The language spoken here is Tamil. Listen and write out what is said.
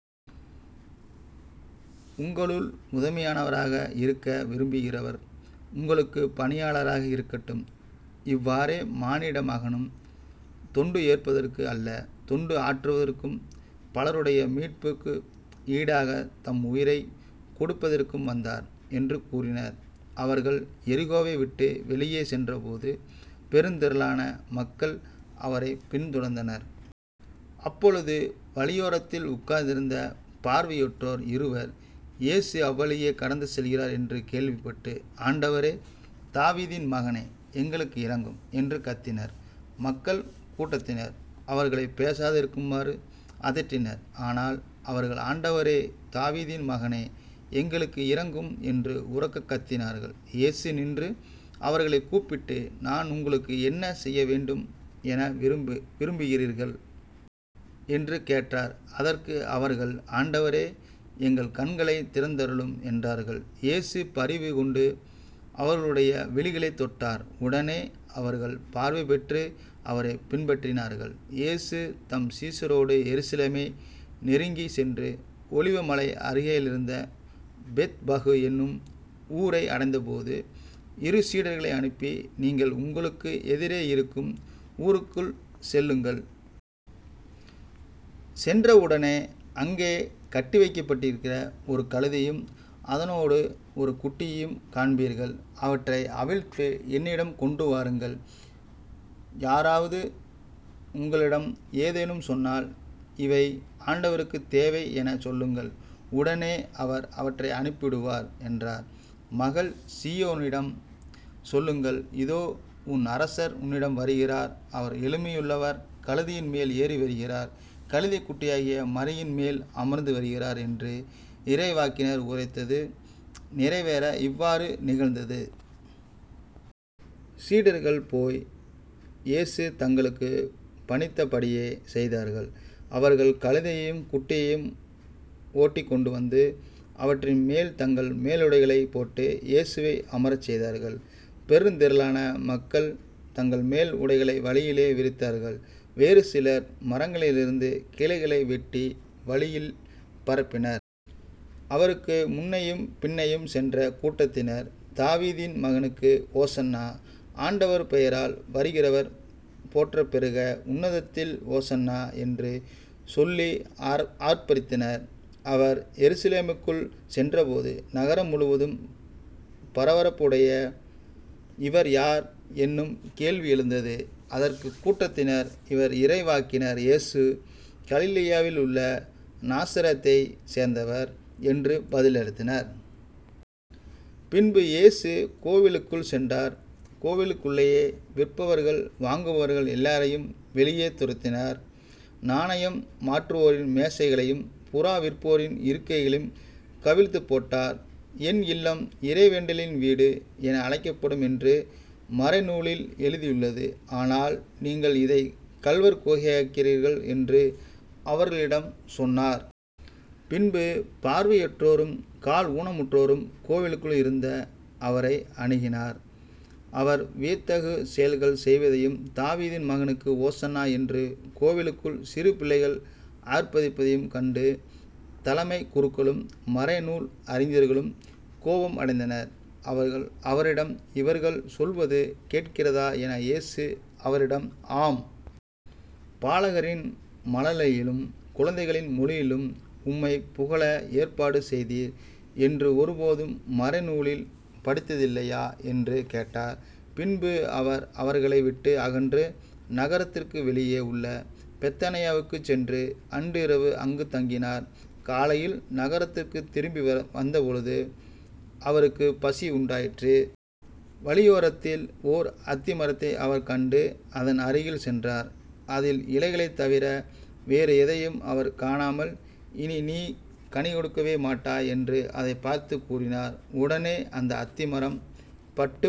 உங்களுள் முதன்மையானவராக இருக்க விரும்புகிறவர் உங்களுக்குப் பணியாளராக இருக்கட்டும். இவ்வாறே மானிட மகனும் தொண்டு ஏற்பதற்கு அல்ல, தொண்டு ஆற்றுவதற்கும் பலருடைய மீட்புக்கு ஈடாகத் தம் உயிரைக் கொடுப்பதற்கும் வந்தார்" என்று கூறினார். அவர்கள் எரிகோவை விட்டு வெளியே சென்றபோது பெருந்திரளான மக்கள் அவரைப் பின்தொடர்ந்தனர். அப்பொழுது வழியோரத்தில் உட்கார்ந்திருந்த பார்வையற்றோர் இருவர் இயேசு அவ்வழியே கடந்து செல்கிறார் என்று கேள்விப்பட்டு,"ஆண்டவரே, தாவீதின் மகனே, எங்களுக்கு இரங்கும்" என்று கத்தினர். மக்கள் கூட்டத்தினர் அவர்களைப் பேசாதிருக்குமாறு அதட்டினர். ஆனால் அவர்கள்,"ஆண்டவரே, தாவீதின் மகனே, எங்களுக்கு இரங்கும்" என்று உரக்கக் கத்தினார்கள். இயேசு நின்று, அவர்களைக் கூப்பிட்டு,"நான் உங்களுக்கு என்ன செய்ய வேண்டும் என விரும்புகிறீர்கள்? " என்று கேட்டார். அதற்கு அவர்கள்,"ஆண்டவரே, எங்கள் கண்களைத் திறந்தருளும்" என்றார்கள். இயேசு பரிவு கொண்டு அவர்களுடைய விழிகளைத் தொட்டார். உடனே அவர்கள் பார்வை பெற்று, அவரைப் பின்பற்றினார்கள். இயேசு தம் சீசரோடு எருசலேமை நெருங்கிச் சென்று ஒலிவ மலை அருகிலிருந்த பெத்பகு என்னும் ஊரை அடைந்தபோது இரு சீடர்களை அனுப்பி, "நீங்கள் உங்களுக்கு எதிரே இருக்கும் ஊருக்குள் செல்லுங்கள். சென்ற உடனே அங்கே கட்டிவைக்கப்பட்டிருக்கிற ஒரு கழுதையையும் அதனோடு ஒரு குட்டியையும் காண்பீர்கள். அவற்றை அவிழ்த்து என்னிடம் கொண்டு வாருங்கள். யாரோவது உங்களிடம் ஏதேனும் சொன்னால்,"இவை ஆண்டவருக்குத் தேவை" எனச் சொல்லுங்கள். உடனே அவர் அவற்றை அனுப்பிவிடுவார்" என்றார். "மகள் சீயோனிடம் சொல்லுங்கள் இதோ உன் அரசர் உன்னிடம் வருகிறார் அவர் எளிமையுள்ளவர் கழுதையின் மேல் ஏறி வருகிறார் கழுதைக்குட்டியாகிய மறியின் மேல் அமர்ந்து வருகிறார்" என்று இறைவாக்கினர் உரைத்தது நிறைவேற இவ்வாறு நிகழ்ந்தது. சீடர்கள் போய் இயேசு தங்களுக்குப் பணித்த படியே செய்தார்கள். அவர்கள் கழுதையையும் குட்டியையும் ஓட்டிக் கொண்டு வந்து, அவற்றின் மேல் தங்கள் மேலுடைகளைப் போட்டு, இயேசுவை அமரச் செய்தார்கள். பெருந்திரளான மக்கள் தங்கள் மேல் உடைகளை வழியிலேயே விரித்தார்கள். வேறு சிலர் மரங்களிலிருந்து கிளைகளை வெட்டி வழியில் பரப்பினர். அவருக்கு முன்னேயும் பின்னேயும் சென்ற கூட்டத்தினர்,"தாவீதின் மகனுக்கு ஓசன்னா. ஆண்டவர் பெயரால் வருகிறவர் போற்றப்பெறுக. உன்னதத்தில் ஓசன்னா. " என்று சொல்லி ஆர்ப்பித்தனர். அவர் எருசலேமுக்குள் சென்றபோது நகரம் முழுவதும் பரபரப்படைய,"இவர் யார்? " என்னும் கேள்வி எழுந்தது. அதற்குக் கூட்டத்தினர்,"இவர் இறைவாக்கினர் இயேசு கலிலேயாவிலுள்ள நாசரேத்தைச் சேர்ந்தவர்" என்று பதிலளித்தனர். பின்பு இயேசு கோவிலுக்குள் சென்றார் கோவிலுக்குள்ளேயே விற்பவர்கள், வாங்குபவர்கள் எல்லாரையும் வெளியே துரத்தினார். நாணயம் மாற்றுவோரின் மேசைகளையும் புறா விற்போரின் இருக்கைகளையும் கவிழ்த்துப் போட்டார். "என் இல்லம் இறைவேண்டலின் வீடு என அழைக்கப்படும் என்று மறைநூலில் எழுதியுள்ளது. ஆனால் நீங்கள் இதைக் கள்வர் குகையாக்குகிறீர்கள்" என்று அவர்களிடம் சொன்னார். பின்பு பார்வையற்றோரும் கால் ஊனமுற்றோரும் கோவிலுக்குள் இருந்த அவரை அணுகினார். அவர் வியத்தகு செயல்கள் செய்வதையும்"தாவீதின் மகனுக்கு ஓசன்னா" என்று கோவிலுக்குள் சிறு பிள்ளைகள் ஆர்ப்பிப்பதையும் கண்டு தலைமைக் குருக்களும், மறைநூல் அறிஞர்களும் கோபம் அடைந்தனர். அவர்கள் அவரிடம்,"இவர்கள் சொல்வது கேட்கிறதா? " என, இயேசு அவர்களிடம்,"ஆம். "பாலகரின் மழலையிலும் குழந்தைகளின் மொழியிலும் உம்மைப் புகழ ஏற்பாடு செய்தீர்" என்று ஒருபோதும் மறைநூலில் படித்ததில்லையா? " என்று கேட்டார். பின்பு அவர் அவர்களை விட்டு அகன்று நகரத்திற்கு வெளியே உள்ள பெத்தானியாவுக்குச் சென்று அன்றிரவு அங்குத் தங்கினார். காலையில் நகரத்திற்குத் திரும்பி வந்தபொழுது அவருக்குப் பசி உண்டாயிற்று. வழியோரத்தில் ஓர் அத்தி மரத்தை அவர் கண்டு அதன் அருகில் சென்றார். அதில் இலைகளைத் தவிர வேறு எதையும் அவர் காணாமல்,"இனி நீ கனி கொடுக்கவே மாட்டாய்" என்று அதைப் பார்த்துக் கூறினார். உடனே அந்த அத்தி மரம் பட்டுப்